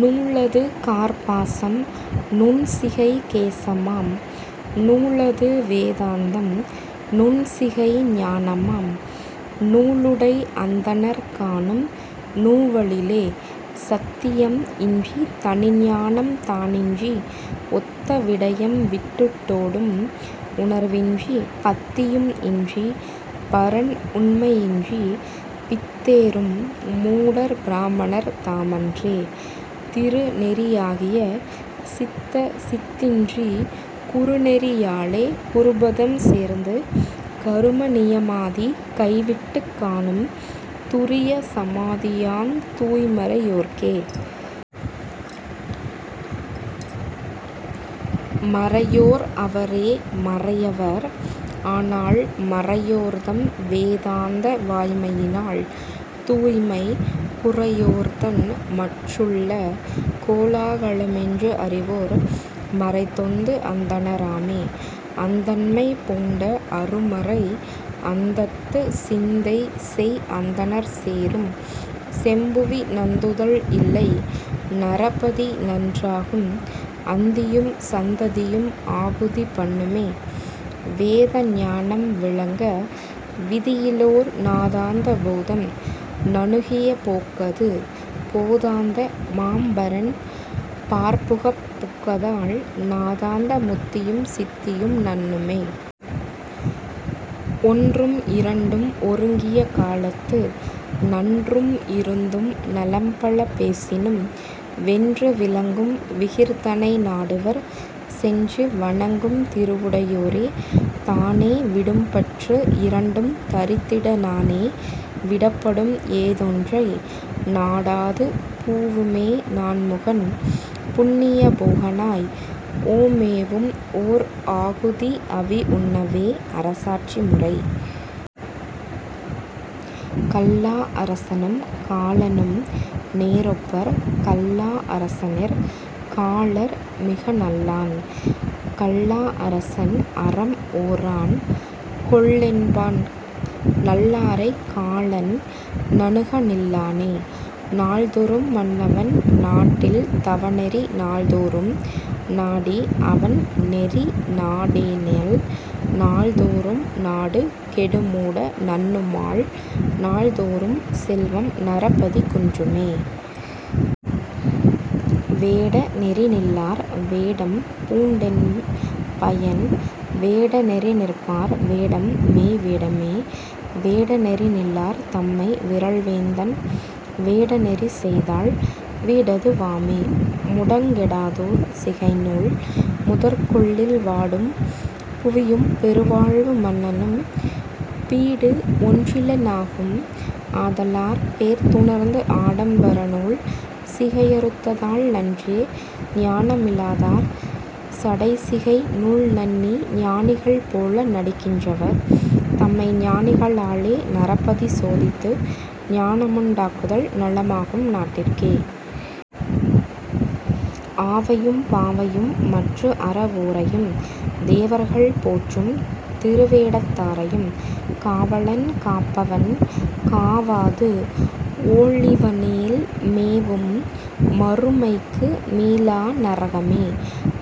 நூலது கார்ப்பாசம் நுண்சிகை கேசமாம் நூலது வேதாந்தம் நுண்சிகை ஞானமாம் நூலுடை அந்தணர் காணும் நுவலிலே. சத்தியம் இன்றித் தனிஞானம் தானின்றி ஒத்த விடயம்விட் டோ டும் உணர்வின்றிப் பத்தியும் இன்றிப் பரன் உண்மை யின்றிப் பித்தேறும் மூடர் பிராமணர் தாமன்றே. திருநெறி யாகிய சித்தசித் தின்றிக் குருநெறி யாலே குருபதம் சேர்ந்து கரும நியமாதி கைவிட்டுக் காணும் துரிய சமாதியாந் தூய்மறை யோர்க்கே. மறையோர் அவரே மறையவர் ஆனால் மறையோர்தம் வேதாந்த வாய்மையினால் தூய்மை குறையோர்தன் மற்றுள்ள கோலா கலமென்று அறிவோர் மறைதொந்து அந்தண ராமே. அந்தண்மை பூண்ட அருமறை அந்தத்துச் சிந்தைசெய் அந்தணர் சேரும் செழும்புவி நந்துதல் இல்லை நரபதி நன்றாகும் அந்தியும் சந்தியும் ஆகுதி பண்ணுமே. வேதாந்த ஞானம் விளங்க விதியிலோர் நாதாந்த போதம் நணுகிய போக்கது போதாந்த மாம்பரன் பாற்புகப் புக்கதால் நாதாந்த முத்தியும் சித்தியும் நண்ணுமே. ஒன்றும் இரண்டும் ஒருங்கிய காலத்து நன்றும் இருந்தும் நலம்பல பேசினும் வென்று விளங்கும் விகிர்தனை நாடுவர் சென்று வணங்குந் திருவுடை யோரே. தானே விடும்பற்று இரண்டும் தரித்திட நானே விடப்படும் ஏதொன்றை நாடாது பூமேவு நான்முகன் புண்ணிய போகனாய் ஓமேவும் ஓர்ஆ குதிஅவி உண்ணவே... அரசாட்சி முறை.. கல்லா அரசனும் காலனும் நேரொப்பர் கல்லா அரசனிற் காலன் மிகநல்லன் கல்லா அரசன் அறம் ஓரான் கொல்லென்பான் நல்லாரைக் காலன் நணுகநில் லானே. நாள்தோறும் மன்னவன் நாட்டில் தவநெறி நாள்தோறும் நாடி அவன்நெறி நாடானேல் நாள்தோறும் நாடு கெடுமூட நண்ணுமால் நாள்தோறும் செல்வம் நரபதி குன்றுமே. வேட நெறிநில்லார் வேடம்பூண் டென்பயன் வேட நெறிநிற்பார் வேடம்மெய் வேடமே வேட நெறிநில்லார் தம்மை விறல்வேந்தன் வேட நெறிசெய்தால் வீடது வாமே. மூடங் கெடாதோர் சிகைநூல் முதற்கொள்ளில் வாடும் புவியும் பெருவாழ்வு மன்னனும் பீடுஒன் றிலனாகும் ஆதலாற் பேர்த்துணர்ந்து ஆடம் பரநூல் சிகையறுத் தால்நன்றே. ஞானமி லாதார் சடைசிகை நூல்நண்ணி ஞானிகள் போல நடிக்கின் றவர் தம்மை ஞானிக ளாலே நரபதி சோதித்து ஞானமுண் டாக்குதல் நலமாகும் நாட்டிற்கே. ஆவையும் பாவையும் மற்றுஅற வோரையும் தேவர்கள் போற்றும் திருவேடத் தாரையும் காவலன் காப்பவன் காவாது ஒழிவனேல் மேவும் மறுமைக்கு மீளா நரகமே.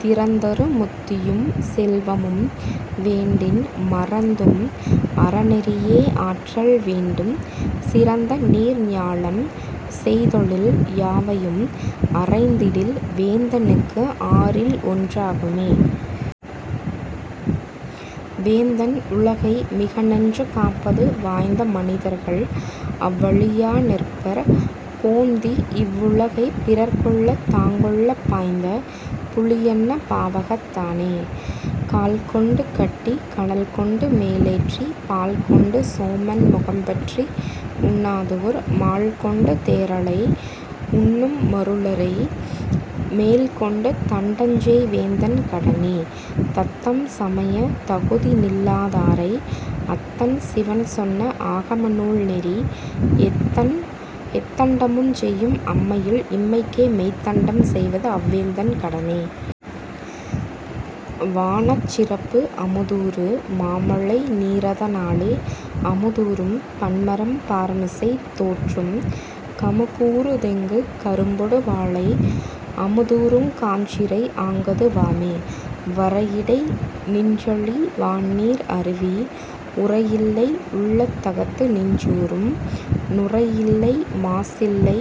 திறந்தரு முத்தியும் செல்வமும் வேண்டின் மறந்தும் அறநெறி யேஆற்றல் வேண்டும் சிறந்தநீர் ஞாலம் செய்தொழில் யாவையும் அறைந்திடில் வேந்தனுககு ஆறில் ஒன் றாமே. வேந்தன் உலகை மிகநன்று காப்பது வாய்ந்த மனிதர்கள் அவ்வழி யாநிற்பர் போந்திவ் வுலகைப் பிறர்க்கொள்ளத் தாங்கொள்ளப் பாய்ந்த புலியன்ன பாவகத் தானே. கால்கொண்டு கட்டிக் கனல்கொண்டு மேலேற்றிப் பால்கொண்டு சோமன் முகம்பற்றி உண்ணாதோர் மால்கொண்டு தேறலை உண்ணும் மருளரை மேல்கொண்டு தண்டஞ்செய் வேந்தன் கடனே. தத்தம்சமயத் தகுதிநில் லாதாரை அத்தன் சிவன் சொன்ன ஆகம நூல்நெறி எத்தண் டமுஞ்செயும் அம்மையில் இம்மைக்கே மெய்த்தண்டம் செய்வதுஅவ் வேந்தன் கடனே... வானச் சிறப்பு அமுதூறு மாமழை நீரத னாலே அமுதூறும் பன்மரம் பார்மிசை தோற்றும் கமுகூறு தெங்கு கரும்பொடு வாழை அமுதூறுங் காஞ்சிரை ஆங்கது வாமே. வரையிடை நின்றிழி வான்நீர் அருவி உரையில்லை உள்ளத் தகத்துநின் றூறும் நுரையில்லை மாசில்லை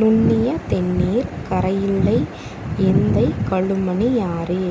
நுண்ணிய தெண்ணீர் கரையில்லை எந்தை கழுமணி யாறே...